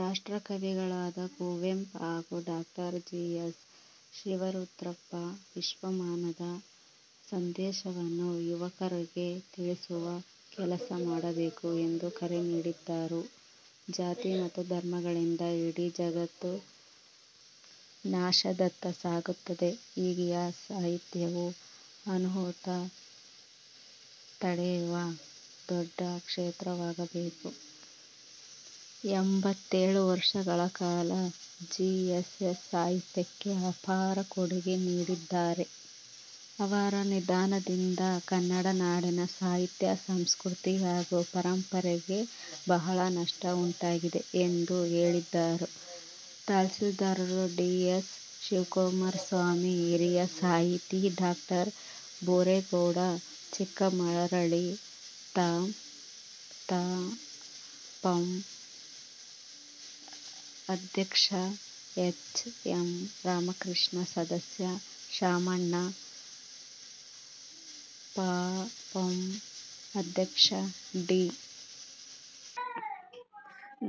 ರಾಷ್ಟ್ರಕವಿಗಳಾದ ಕುವೆಂಪು ಹಾಗೂ ಡಾ. G. S. Shivarudrappa ವಿಶ್ವಮಾನವ ಸಂದೇಶವನ್ನು ಯುವಕರಿಗೆ ತಿಳಿಸುವ ಕೆಲಸ ಮಾಡಬೇಕು ಎಂದು ಕರೆ ನೀಡಿದರು. ಜಾತಿ ಮತ್ತು ಧರ್ಮಗಳಿಂದ ಇಡೀ ಜಗತ್ತು ನಾಶದತ್ತ ಸಾಗುತ್ತಿದೆ. ಹೀಗಾಗಿ ಸಾಹಿತ್ಯವು ಅನಾಹುತ ತಡೆಯುವ ದೊಡ್ಡ ಕ್ಷೇತ್ರವಾಗಬೇಕು. ಎಂಬತ್ತೇಳು ವರ್ಷಗಳ ಕಾಲ ಜಿಎಸ್ಎಸ್ ಸಾಹಿತ್ಯಕ್ಕೆ ಅಪಾರ ಕೊಡುಗೆ ನೀಡಿದ್ದಾರೆ. ಅವರ ನಿಧನದಿಂದ ಕನ್ನಡ ನಾಡಿನ ಸಾಹಿತ್ಯ, ಸಂಸ್ಕೃತಿ ಹಾಗೂ ಪರಂಪರೆಗೆ ಬಹಳ ನಷ್ಟ ಉಂಟಾಗಿದೆ ಎಂದು ಹೇಳಿದರು. ತಹಶೀಲ್ದಾರ್ ಡಿ. ಎಸ್. ಶಿವಕುಮಾರಸ್ವಾಮಿ, ಹಿರಿಯ ಸಾಹಿತಿ ಡಾ. ಬೋರೇಗೌಡ ಚಿಕ್ಕಮರಳಿ, ತಾ. ಪಂ ಅಧ್ಯಕ್ಷ ಎಚ್. ಎಂ. ರಾಮಕೃಷ್ಣ, ಸದಸ್ಯ ಶಾಮಣ್ಣ, ಪ. ಪಂ ಅಧ್ಯಕ್ಷ ಡಿ.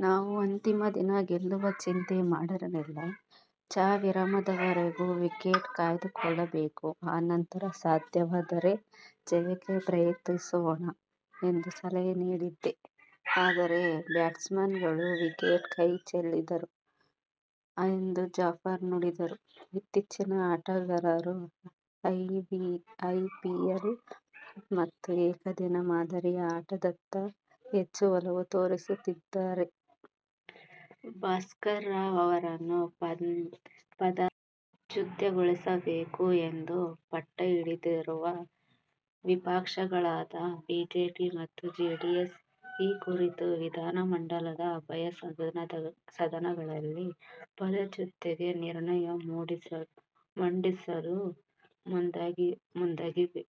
ನಾವು ಅಂತಿಮ ದಿನ ಗೆಲುವಿನ ಚಿಂತೆ ಮಾಡಿರಲಿಲ್ಲ. ಚಹಾ ವಿರಾಮದವರೆಗೂ ವಿಕೆಟ್ ಕಾಯ್ದುಕೊಳ್ಳಬೇಕು. ಅನಂತರ ಸಾಧ್ಯವಾದರೆ ಜಯಕ್ಕೆ ಪ್ರಯತ್ನಿಸೋಣ ಎಂಬ ಸಲಹೆ ನೀಡಿದ್ದೆ. ಆದರೆ ಬ್ಯಾಟ್ಸ್ಮನ್ಗಳು ವಿಕೆಟ್ ಕೈ ಚೆಲ್ಲಿದರು ಎಂದು ಜಾಫರ್ ನುಡಿದರು. ಇತ್ತೀಚಿನ ಆಟಗಾರರು ಐಪಿಎಲ್ ಮತ್ತು ಏಕದಿನ ಮಾದರಿ ಆಟದತ್ತ ಹೆಚ್ಚು ಒಲವು ತೋರುತ್ತಿದ್ದಾರೆ. ಭಾಸ್ಕರ ರಾವ್ ಅವರನ್ನು ಪದಚ್ಯುತಗೊಳಿಸಬೇಕು ಎಂದು ಪಟ್ಟುಹಿಡಿದಿರುವ ವಿಪಕ್ಷಗಳಾದ ಬಿಜೆಪಿ ಮತ್ತು ಜೆಡಿಎಸ್, ಈ ಕುರಿತು ವಿಧಾನ ಮಂಡಲದ ಉಭಯ ಸದನಗಳಲ್ಲಿ ಪದಚ್ಯುತಿಗೆ ನಿರ್ಣಯ ಮಂಡಿಸಲು ಮುಂದಾಗಿವೆ.